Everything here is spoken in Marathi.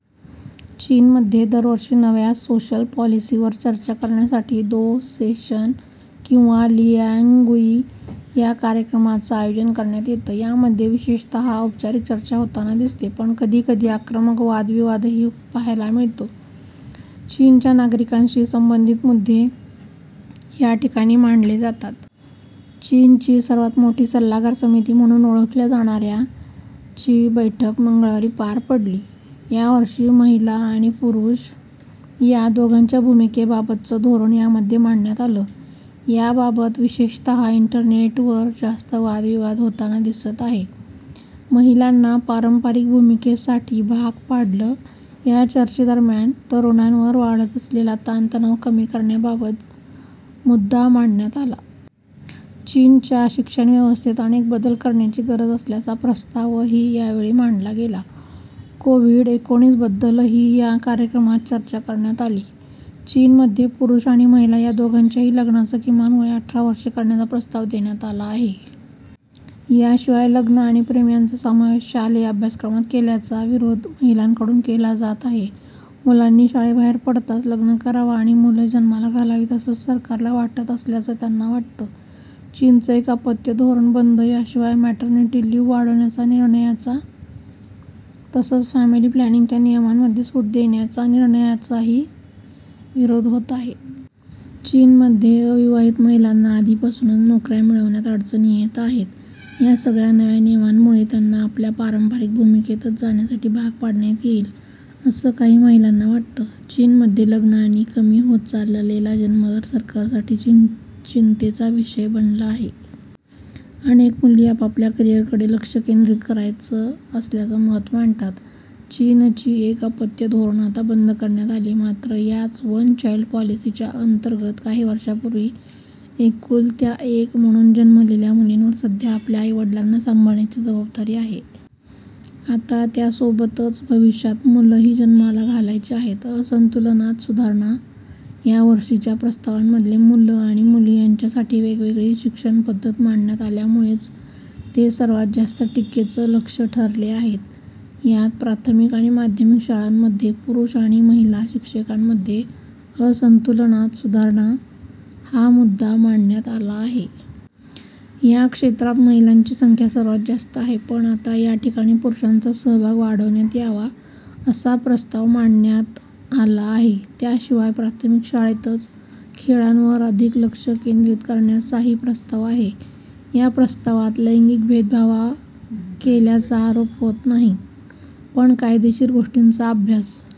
चीनमध्ये दरवर्षी नव्या सोशल पॉलिसीवर चर्चा करण्यासाठी दो सेशन किंवा लियांगुई या कार्यक्रमाचं आयोजन करण्यात येतं. यामध्ये विशेषत औपचारिक चर्चा होताना दिसते. पण कधी कधी आक्रमक वादविवादही पाहायला मिळतो. चीनच्या नागरिकांशी संबंधित मुद्दे याठिकाणी मांडले जातात. चीनची सर्वात मोठी सल्लागार समिती म्हणून ओळखल्या जाणाऱ्या ची बैठक मंगळवारी पार पडली. यावर्षी महिला आणि पुरुष या दोघांच्या भूमिकेबाबतचं धोरण यामध्ये मांडण्यात आलं. याबाबत विशेषतः इंटरेनेटवर जास्त वादविवाह होताना दिसत आहे. महिलांना पारंपरिक भूमिकेसाठी भाग पाडलं या चर्चेदरम्यान तरूणांवर वाढत असलेला ताणतणाव कमी करण्याबाबत मुद्दा मांडण्यात आला. चीनच्या शिक्षण व्यवस्थेत अनेक बदल करण्याची गरज असल्याचा प्रस्तावही यावेळी मांडला गेला. कोव्हिड-एकोणीस बद्दलही या कार्यक्रमात चर्चा करण्यात आली. चीनमध्ये पुरुष आणि महिला या दोघांच्याही लग्नाचं किमान वय अठरा वर्षे करण्याचा प्रस्ताव देण्यात आला आहे. याशिवाय लग्न आणि प्रेम यांचा समावेश शालेय अभ्यासक्रमात केल्याचा विरोध महिलांकडून केला जात आहे. मुलांनी शाळेबाहेर पडताच लग्न करावं आणि मुलं जन्माला घालावीत, असं सरकारला वाटत असल्याचं त्यांना वाटतं. चीनचं एक अपत्य धोरण बंद याशिवाय मॅटर्निटी लिव्ह वाढवण्याच्या निर्णयाचा तसंच फॅमिली प्लॅनिंगच्या नियमांमध्ये सूट देण्याच्या निर्णयाचाही विरोध होत आहे. चीनमध्ये अविवाहित महिलांना आधीपासूनच नोकऱ्या मिळवण्यात अडचणी येत आहेत. या सगळ्या नव्या नियमांमुळे त्यांना आपल्या पारंपारिक भूमिकेतच जाण्यासाठी भाग पाडण्यात येईल, असं काही महिलांना वाटतं. चीनमध्ये लग्न आणि कमी होत चाललेला जन्मदर सरकारसाठी चिंतेचा विषय बनला आहे. अनेक मुली आपल्याला करिअरकडे लक्ष केंद्रित करायचं असल्याचं मत मांडतात. चीनची एक अपत्य धोरण आता बंद करण्यात आली. मात्र याच वन चाईल्ड पॉलिसीच्या अंतर्गत काही वर्षांपूर्वी एकुलत्या एक म्हणून जन्मलेल्या मुलींवर सध्या आपल्या आई-वडिलांना सांभाळण्याची जबाबदारी आहे. आता त्यासोबतच भविष्यात मुलंही जन्माला घालायचे आहेत. असंतुलनात सुधारणा यावर्षीच्या प्रस्तावांमध्ये मुलं आणि मुली यांच्यासाठी वेगवेगळी शिक्षण पद्धत मांडण्यात आल्यामुळेच ते सर्वात जास्त टीकेचं लक्ष्य ठरले आहेत. यात प्राथमिक आणि माध्यमिक शाळांमध्ये पुरुष आणि महिला शिक्षकांमध्ये असंतुलनात सुधारणा हा मुद्दा मांडण्यात आला आहे. या क्षेत्रात महिलांची संख्या सर्वात जास्त आहे. पण आता याठिकाणी पुरुषांचा सहभाग वाढवण्यात यावा, असा प्रस्ताव मांडण्यात आला आहे. त्याशिवाय प्राथमिक शाळेतच खेळांवर अधिक लक्ष केंद्रीत करण्याचाही प्रस्ताव आहे. या प्रस्तावात लैंगिक भेदभावा केल्याचा आरोप होत नाही. पण कायदेशीर गोष्टींचा अभ्यास